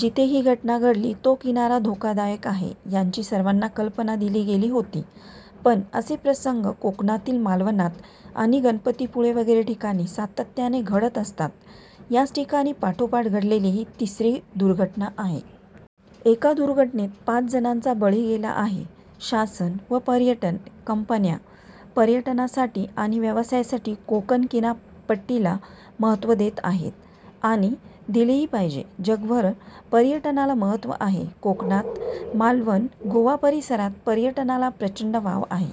जिथे ही घटना घडली तो किनारा धोकादायक आहे यांची सर्वांना कल्पना दिली गेली होती. पण, असे प्रसंग कोकणातील मालवणात आणि गणपती पुळे वगैरे ठिकाणी सातत्याने घडत असतात. याच ठिकाणी पाठोपाठ घडलेली ही तिसरी दुर्घटना आहे. एका दुर्घटनेत पाच जणांचा बळी गेला आहे. शासन व पर्यटन कंपन्या पर्यटनासाठी आणि व्यवसायासाठी कोकण किनारपट्टीला महत्त्व देत आहेत आणि दिलेही पाहिजे. जगभर पर्यटनाला महत्त्व आहे. कोकणात, मालवण गोवा-परिसरात पर्यटनाला प्रचंड वाव आहे.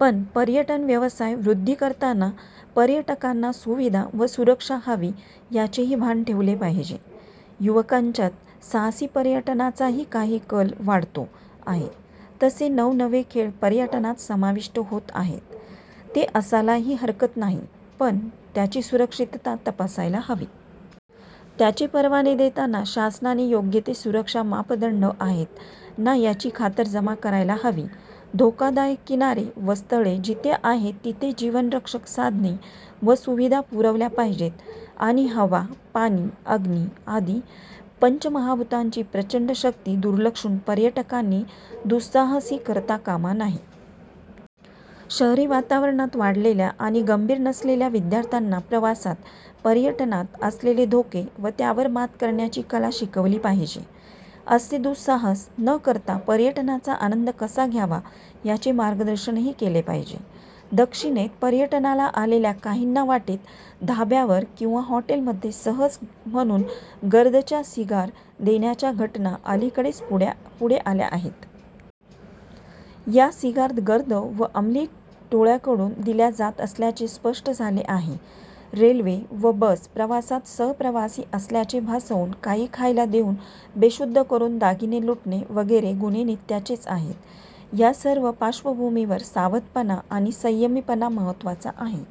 पण, पर्यटन व्यवसाय वृद्धी करताना पर्यटकांना सुविधा व सुरक्षा हवी याचेही भान ठेवले पाहिजे. युवकांच्यात साहसी पर्यटनाचाही कल वाढतो आहे. तसे नव-नवे खेळ पर्यटनात समाविष्ट होत आहेत. ते असायलाही हरकत नाही. पण, त्याची सुरक्षितता तपासायला हवी. त्याचे परवाने देताना शासनाने योग्य ते सुरक्षा मापदंड आहेत ना याची खातरजमा करायला हवी. धोकादायक किनारे व स्थळे जिथे आहेत तिथे जीवनरक्षक साधने व सुविधा पुरवल्या पाहिजेत आणि हवा, पाणी, अग्नी आदी पंचमहाभूतांची प्रचंड शक्ती दुर्लक्षून पर्यटकांनी दु:साहसही करता कामा नये. शहरी वातावरणात वाढलेल्या आणि गंभीर नसलेल्या विद्यार्थ्यांना प्रवासात, पर्यटनात असलेले धोके व त्यावर मात करण्याची कला शिकवली पाहिजे. असे दु:साहस न करता पर्यटनाचा आनंद कसा घ्यावा याचे मार्गदर्शनही केले पाहिजे. दक्षिणेत पर्यटनाला आलेल्या काहींना वाटेत धाब्यावर किंवा हॉटेलमध्ये सहज म्हणून गर्दच्या सिगार देण्याच्या घटना अलीकडेच पुढे आल्या आहेत. या सिगार गर्द व अमली टोळय़ाकडून दिल्या जात असल्याचे स्पष्ट झाले आहे. रेल्वे व बस प्रवासात सहप्रवासी असल्याचे भासवून काही खायला देऊन बेशुद्ध करून दागिने लुटणे वगैरे गुन्हे नित्याचेच आहेत. या सर्व पार्श्वभूमीवर सावधपणा आणि संयमीपणा महत्त्वाचा आहे.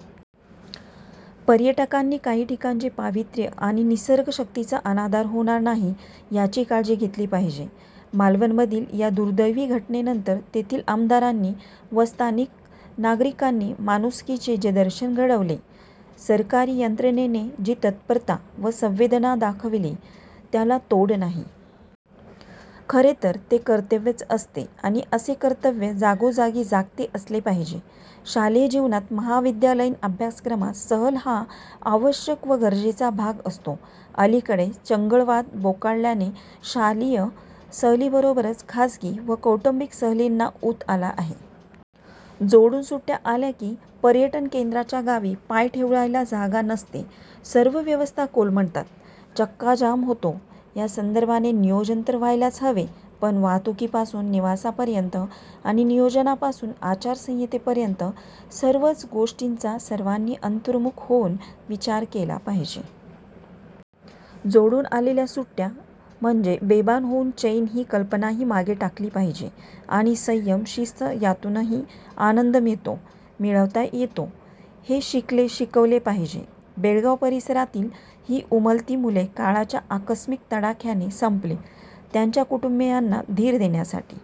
पर्यटकांनी काही ठिकाणचे पावित्र्य आणि निसर्ग शक्तीचा अनादर होणार नाही याची काळजी घेतली पाहिजे. मालवणमधील या दुर्दैवी घटनेनंतर तेथील आमदारांनी व स्थानिक नागरिकांनी माणुसकीचे जे दर्शन घडवले, सरकारी यंत्रणेने जी तत्परता व संवेदना दाखवली त्याला तोड नाही. खरे तर ते कर्तव्यच असते आणि असे कर्तव्य जागोजागी जागते असले पाहिजे. शालेय जीवनात महाविद्यालयीन अभ्यासक्रमात सहल हा आवश्यक व गरजेचा भाग असतो. अलीकडे चंगळवाद बोकाळल्याने शालेय सहलीबरोबरच खासगी व कौटुंबिक सहलींना ऊत आला आहे. जोडून सुट्टय़ा आल्या की पर्यटन केंद्राच्या गावी पाय ठेवायला जागा नसते. सर्व व्यवस्था कोलमडतात. चक्काजाम होतो या संदर्भाने नियोजन तर व्हायलाच हवे. पण, वाहतुकीपासून निवासापर्यंत आणि नियोजनापासून आचारसंहितेपर्यंत सर्वच गोष्टीचा सर्वांनी अंतर्मुख होऊन विचार केला पाहिजे. जोडून आलेल्या सुट्टय़ा म्हणजे बेभान होऊन चैन ही कल्पनाही मागे टाकली पाहिजे आणि संयम, शिस्त यातूनही आनंद मिळतो, मिळवता येतो हे शिकले-शिकवले पाहिजे. बेळगाव परिसरातील ही उमलती मुले काळाच्या आकस्मिक तडाख्याने संपली. त्यांच्या कुटुंबीयांना धीर देण्यासाठी--